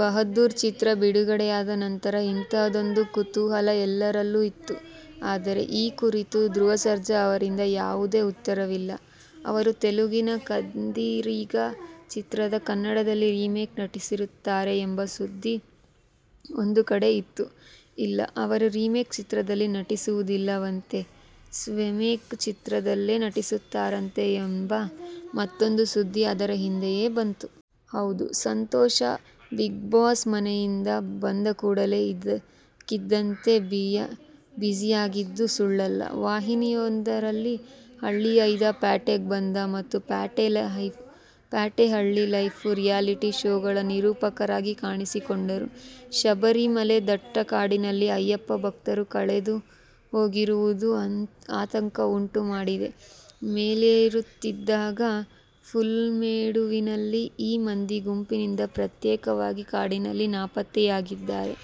"ಬಹದ್ದೂರ್' ಚಿತ್ರ ಬಿಡುಗಡೆಯಾದ ನಂತರ ಇಂಥದ್ದೊಂದು ಕುತೂಹಲ ಎಲ್ಲರಲ್ಲೂ ಇತ್ತು. ಆದರೆ, ಈ ಕುರಿತು ಧ್ರುವ ಸರ್ಜಾ ಅವರಿಂದ ಯಾವುದೇ ಉತ್ತರವಿರಲಿಲ್ಲ. ಅವರು ತೆಲುಗಿನ "ಕಂದರೀಗ' ಚಿತ್ರದ ಕನ್ನಡ ರೀಮೇಕ್ನಲ್ಲಿ ನಟಿಸುತ್ತಾರೆ ಎಂಬ ಸುದ್ದಿ ಒಂದು ಕಡೆ ಇತ್ತು. ಇಲ್ಲ, ಅವರು ರೀಮೇಕ್ ಚಿತ್ರದಲ್ಲಿ ನಟಿಸುವುದಿಲ್ಲವಂತೆ, ಸ್ವಮೇಕ್ ಚಿತ್ರದಲ್ಲೇ ನಟಿಸುತ್ತಾರಂತೆ ಎಂಬ ಮತ್ತೂಂದು ಸುದ್ದಿ ಅದರ ಹಿಂದೆಯೇ ಬಂತು. ಹೌದು, ಸಂತೋಷ್ "ಬಿಗ್ಬಾಸ್' ಮನೆಯಿಂದ ಬಂದಕೂಡಲೇ ಇದ್ದಕ್ಕಿದ್ದಂತೆ ಬಿಝಿಯಾಗಿದ್ದು ಸುಳ್ಳಲ್ಲ. ವಾಹಿನಿಯೊಂದರಲ್ಲಿ "ಹಳ್ಳಿಹೈದ ಪ್ಯಾಟೆಗ್ ಬಂದ' ಮತ್ತು "ಪ್ಯಾಟೆ ಹಳ್ಳಿ ಲೈಫ್' ರಿಯಾಲಿಟಿ ಶೋಗಳ ನಿರೂಪಕರಾಗಿ ಕಾಣಿಸಿಕೊಂಡರು. ಶಬರಿಮಲೆ ದಟ್ಟ ಕಾಡಿನಲ್ಲಿ ಅಯ್ಯಪ್ಪ ಭಕ್ತರು ಕಳೆದು ಹೋಗಿರುವುದು ಆತಂಕವುಂಟು ಮಾಡಿದೆ. ಮಲೆಯೇರುತ್ತಿದ್ದಾಗ ಪುಲ್ಲಮೇಡುವಿನಲ್ಲಿ ಈ ಮಂದಿ ಗುಂಪಿನಿಂದ ಪ್ರತ್ಯೇಕವಾಗಿ ಕಾಡಿನಲ್ಲಿ ನಾಪತ್ತೆಯಾಗಿದ್ದಾರೆ.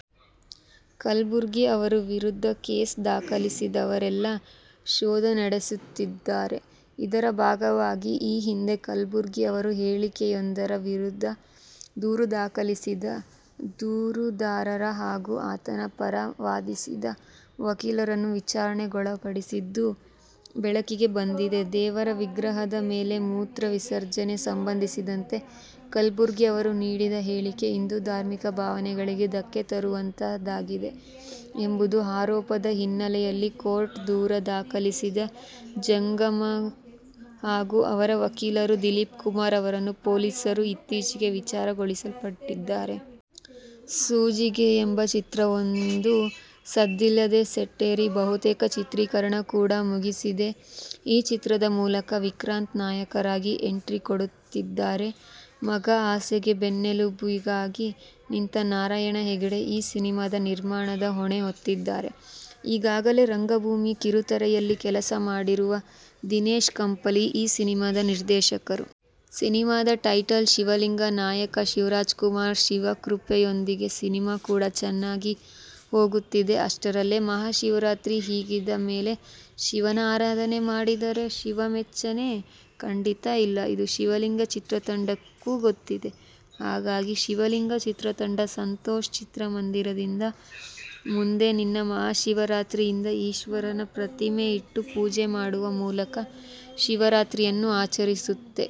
ಕಲಬುರ್ಗಿ ಅವರ ವಿರುದ್ಧ ಕೇಸು ದಾಖಲಿಸಿದವರೆಲ್ಲರ ಶೋಧ ನಡೆಸುತ್ತಿದ್ದಾರೆ. ಇದರ ಭಾಗವಾಗಿ ಈ ಹಿಂದೆ ಕಲಬುರ್ಗಿ ಅವರ ಹೇಳಿಕೆಯೊಂದರ ವಿರುದ್ಧ ದೂರು ದಾಖಲಿಸಿದ್ದ ದೂರುದಾರ ಹಾಗೂ ಆತನ ಪರ ವಾದಿಸಿದ್ದ ವಕೀಲರನ್ನೂ ವಿಚಾರಣೆಗೊಳಪಡಿಸಿದ್ದು ಬೆಳಕಿಗೆ ಬಂದಿದೆ. ದೇವರ ವಿಗ್ರಹದ ಮೇಲೆ ಮೂತ್ರ ವಿಸರ್ಜನೆಗೆ ಸಂಬಂಧಿಸಿದಂತೆ ಕಲಬುರ್ಗಿ ಅವರು ನೀಡಿದ ಹೇಳಿಕೆ ಹಿಂದೂ ಧಾರ್ಮಿಕ ಭಾವನೆಗಳಿಗೆ ಧಕ್ಕೆ ತರುವಂತಹದ್ದಾಗಿದೆ ಎಂಬ ಆರೋಪದ ಹಿನ್ನೆಲೆಯಲ್ಲಿ ಕೋರ್ಟ್ಗೆ ದೂರು ದಾಖಲಿಸಿದ್ದ ಜಗನ್ಕುಮಾರ್ ಹಾಗೂ ಅವರ ವಕೀಲರ ದಿಲೀಪ್ಕುಮಾರ್ ಅವರನ್ನು ಪೊಲೀಸರು ಈಚೆಗೆ ವಿಚಾರಣೆಗೊಳಪಡಿಸಿದ್ದಾರೆ. "ಸೋಜಿಗ' ಎಂಬ ಚಿತ್ರವೊಂದು ಸದ್ದಿಲ್ಲದೇ ಸೆಟ್ಟೇರಿ ಬಹುತೇಕ ಚಿತ್ರೀಕರಣ ಕೂಡಾ ಮುಗಿಸಿದೆ. ಈ ಚಿತ್ರದ ಮೂಲಕ ವಿಕ್ರಾಂತ್ ನಾಯಕರಾಗಿ ಎಂಟ್ರಿಕೊಡುತ್ತಿದ್ದಾರೆ. ಮಗ ಆಸೆಗೆ ಬೆನ್ನೆಲುಬಾಗಿ ನಿಂತ ನಾರಾಯಣ ಹೆಗಡೆ ಈ ಸಿನಿಮಾದ ನಿರ್ಮಾಣದ ಹೊಣೆ ಹೊತ್ತಿದ್ದಾರೆ. ಈಗಾಗಲೇ ರಂಗಭೂಮಿ, ಕಿರುತೆರೆಯಲ್ಲಿ ಕೆಲಸ ಮಾಡಿರುವ ದಿನೇಶ್ ಕಂಪ್ಲಿ ಈ ಸಿನಿಮಾದ ನಿರ್ದೇಶಕರು. ಸಿನಿಮಾದ ಟೈಟಲ್ "ಶಿವಲಿಂಗ', ನಾಯಕ ಶಿವರಾಜಕುಮಾರ್, ಶಿವಕೃಪೆಯೊಂದಿಗೆ ಸಿನಿಮಾ ಕೂಡಾ ಚೆನ್ನಾಗಿ ಹೋಗುತ್ತಿದೆ. ಅಷ್ಟರಲ್ಲೇ ಮಹಾಶಿವರಾತ್ರಿ ಹೀಗಿದ್ದ ಮೇಲೆ ಶಿವನ ಆರಾಧನೆ ಮಾಡದಿದ್ದರೆ ಶಿವಮೆಚ್ಚನೇ? ಖಂಡಿತಾ ಇಲ್ಲ, ಇದು "ಶಿವಲಿಂಗ' ಚಿತ್ರತಂಡಕ್ಕೂ ಗೊತ್ತಿದೆ. ಹಾಗಾಗಿಯೇ "ಶಿವಲಿಂಗ' ಚಿತ್ರತಂಡ ಸಂತೋಷ್ ಚಿತ್ರಮಂದಿರದ ಮುಂದೆ ನಿನ್ನೆ ಮಹಾಶಿವರಾತ್ರಿಯಂದು ಈಶ್ವರನ ಪ್ರತಿಮೆ ಇಟ್ಟು ಪೂಜೆ ಮಾಡುವ ಮೂಲಕ ಶಿವರಾತ್ರಿಯನ್ನು ಆಚರಿಸಿತು.